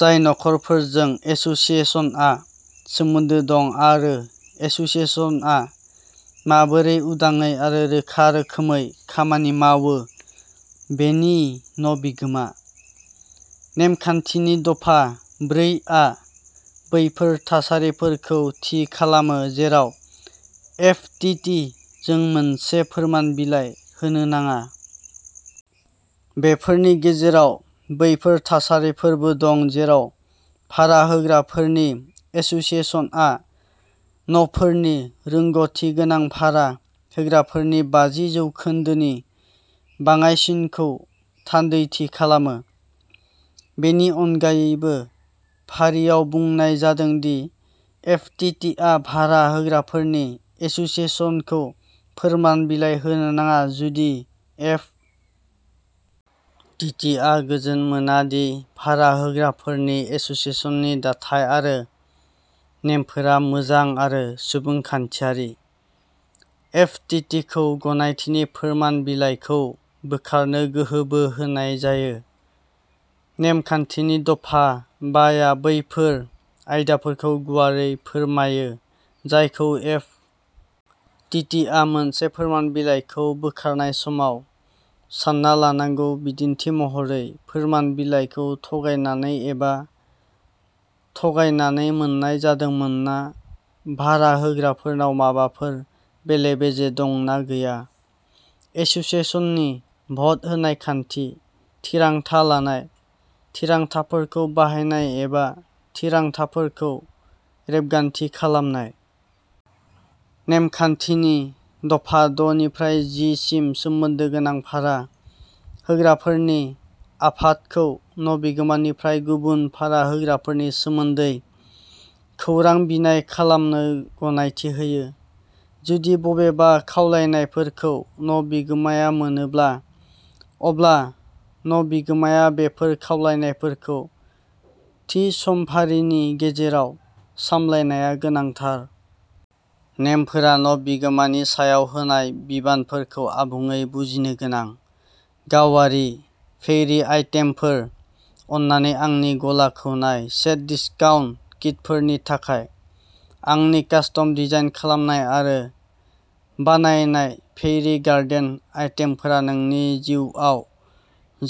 जाय न'फोरजों एस'सिएशनआ सोमोन्दो दं आरो एस'सिएशनआ माबोरै उदाङै आरो रोखा रोखोमै खामानि मावो बेनि न' बिगोमा। नेमखान्थिनि दफा ब्रैआ बैफोर थासारिफोरखौ थि खालामो जेराव एफ. टि. टि. जों मोनसे फोरमान बिलाइ होनो नाङा। बेफोरनि गेजेराव बैफोर थासारिफोरबो दं जेराव भारा होग्राफोरनि एस'सिएशनआ न'फोरनि रोंग'थि गोनां भारा होग्राफोरनि बाजि जौखोन्दोनि बाङाइसिनखौ थान्दैथि खालामो। बेनि अनगायैबो फारियाव बुंनाय जादों दि एफ. टि. टि. आ भारा होग्राफोरनि एस'सिएशनखौ फोरमान बिलाइ होनो नाङा जुदि एफ. टि. टि. आ गोजोन मोना दि भारा होग्राफोरनि एस'सिएशननि दाथाइ आरो नेमफोरा मोजां आरो सुबुंखान्थियारि। एफ. टि. टि. खौ गनायथिनि फोरमान बिलाइखौ बोखारनो गोहोबो होनाय जायो। नेमखान्थिनि दफा बा या बैफोर आयदाफोरखौ गुवारै फोरमायो जायखौ एफ. टि. टि. आ मोनसे फोरमान बिलाइखौ बोखारनाय समाव सानना लानांगौ बिदिन्थि महरै फोरमान बिलाइखौ थगायनानै एबा थगायनानै मोन्नाय जादोंमोन ना भारा होग्राफोरनाव माबाफोर बेले-बेजे दं ना गैया। एस'सिएशननि भट होनाय खान्थि, थिरांथा लानाय, थिरांथाफोरखौ बाहायनाय एबा थिरांथाफोरखौ रेबगान्थि खालामनाय। नेमखान्थिनि दफा द' निफ्राय जि सिम सोमोन्दो गोनां भारा होग्राफोरनि आफादखौ न' बिगोमानिफ्राय गुबुन भारा होग्राफोरनि सोमोन्दै खौरां बिनाय खालामनो गनायथि होयो। जुदि बबेबा खावलायनायफोरखौ न' बिगोमाया मोनोब्ला अब्ला न' बिगोमाया बेफोर खावलायनायफोरखौ थि समफारिनि गेजेराव सामलायनाया गोनांथार। नेमफोरा न' बिगोमानि सायाव होनाय बिबानफोरखौ आबुङै बुजिनो गोनां। गावारि, फेयरी आइटेमफोर, अन्नानै आंनि गलाखौ नाय सेट डिसकाउन्ट किटफोरनि थाखाय। आंनि कास्टम डिजाइन खालामनाय आरो बानायनाय फेयरी गार्डेन आइटेमफोरा नोंनि जिउआव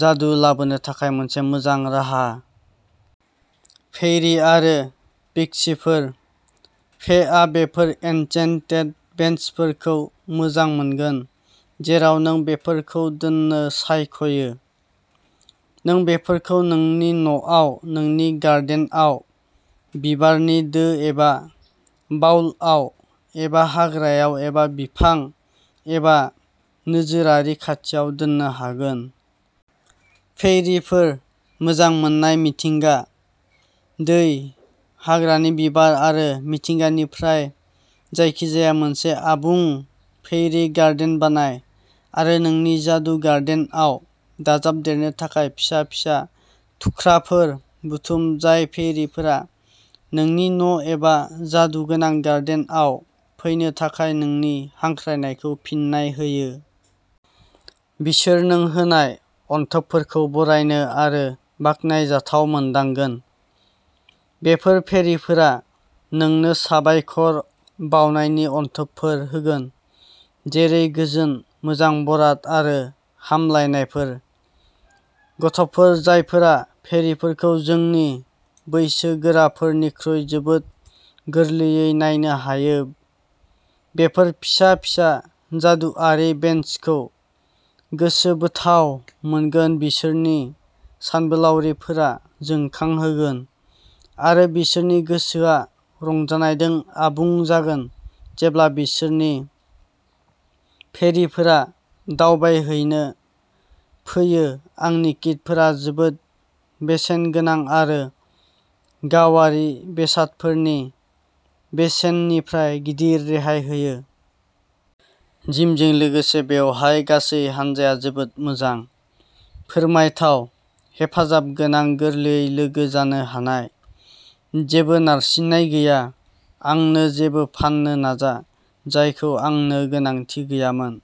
जादु लाबोनो थाखाय मोनसे मोजां राहा। फेयरी आरो पिक्सीफोर, "फे" आ बेफोर एनचेन्टेड बेन्चफोरखौ मोजां मोनगोन जेराव नों बेफोरखौ दोननो सायख'यो। नों बेफोरखौ नोंनि न'आव, नोंनि गार्डेनआव, बिबारनि दो एबा बाउलआव एबा हाग्रायाव एबा बिफां एबा निजोरानि खाथियाव दोननो हागोन। फेयरीफोर मोजां मोननाय मिथिंगा, दै, हाग्रानि बिबार आरो मिथिंगानिफ्राय जायखिजाया मोनसे आबुं फेयरी गार्डेन बानाय आरो नोंनि जादु गार्डेनआव दाजाबदेरनो थाखाय फिसा फिसा थुख्राफोर बुथुम जाय फेयरीफोरा नोंनि न' एबा जादुगोनां गार्डेनआव फैनो थाखाय नोंनि हांख्रायनायखौ फिन्नाय होयो। बिसोर नों होनाय अनथोबफोरखौ बरायनो आरो बाखनायजाथाव मोनदांगोन। बेफोर फेयरीफोरा नोंनो साबायखर बावनायनि अनथोबफोर होगोन जेरै गोजोन, मोजां बराद आरो हामलायनायफोर। गथ'फोर जायफोरा फेयरीफोरखौ जोंनि बैसोगोराफोरनिख्रुइ जोबोद गोरलैयै नायनो हायो बेफोर फिसा फिसा जादुआरि बेन्चफोरखौ गोसोबोथाव मोनगोन बिसोरनि सानबोलावरिफोरा जोंखांहोगोन आरो बिसोरनि गोसोआ रंजानायजों आबुं जागोन जेब्ला बिसोरनि फेयरीफोरा दावबायहैनो फैयो आंनि किटफोरा जोबोद बेसेनगोनां आरो गावारि बेसादफोरनि बेसेननिफ्राय "गिदिर" रेहाय होयो। जिमजों लोगोसे बेवहाय गासै हानजाया जोबोद मोजां। फोरमायथाव, हेफाजाबगोनां, गोरलैयै लोगो जानो हानाय। जेबो नारसिननाय गैया, आंनो जेबो फाननो नाजा, जायखौ आंनो गोनांथि गैयामोन।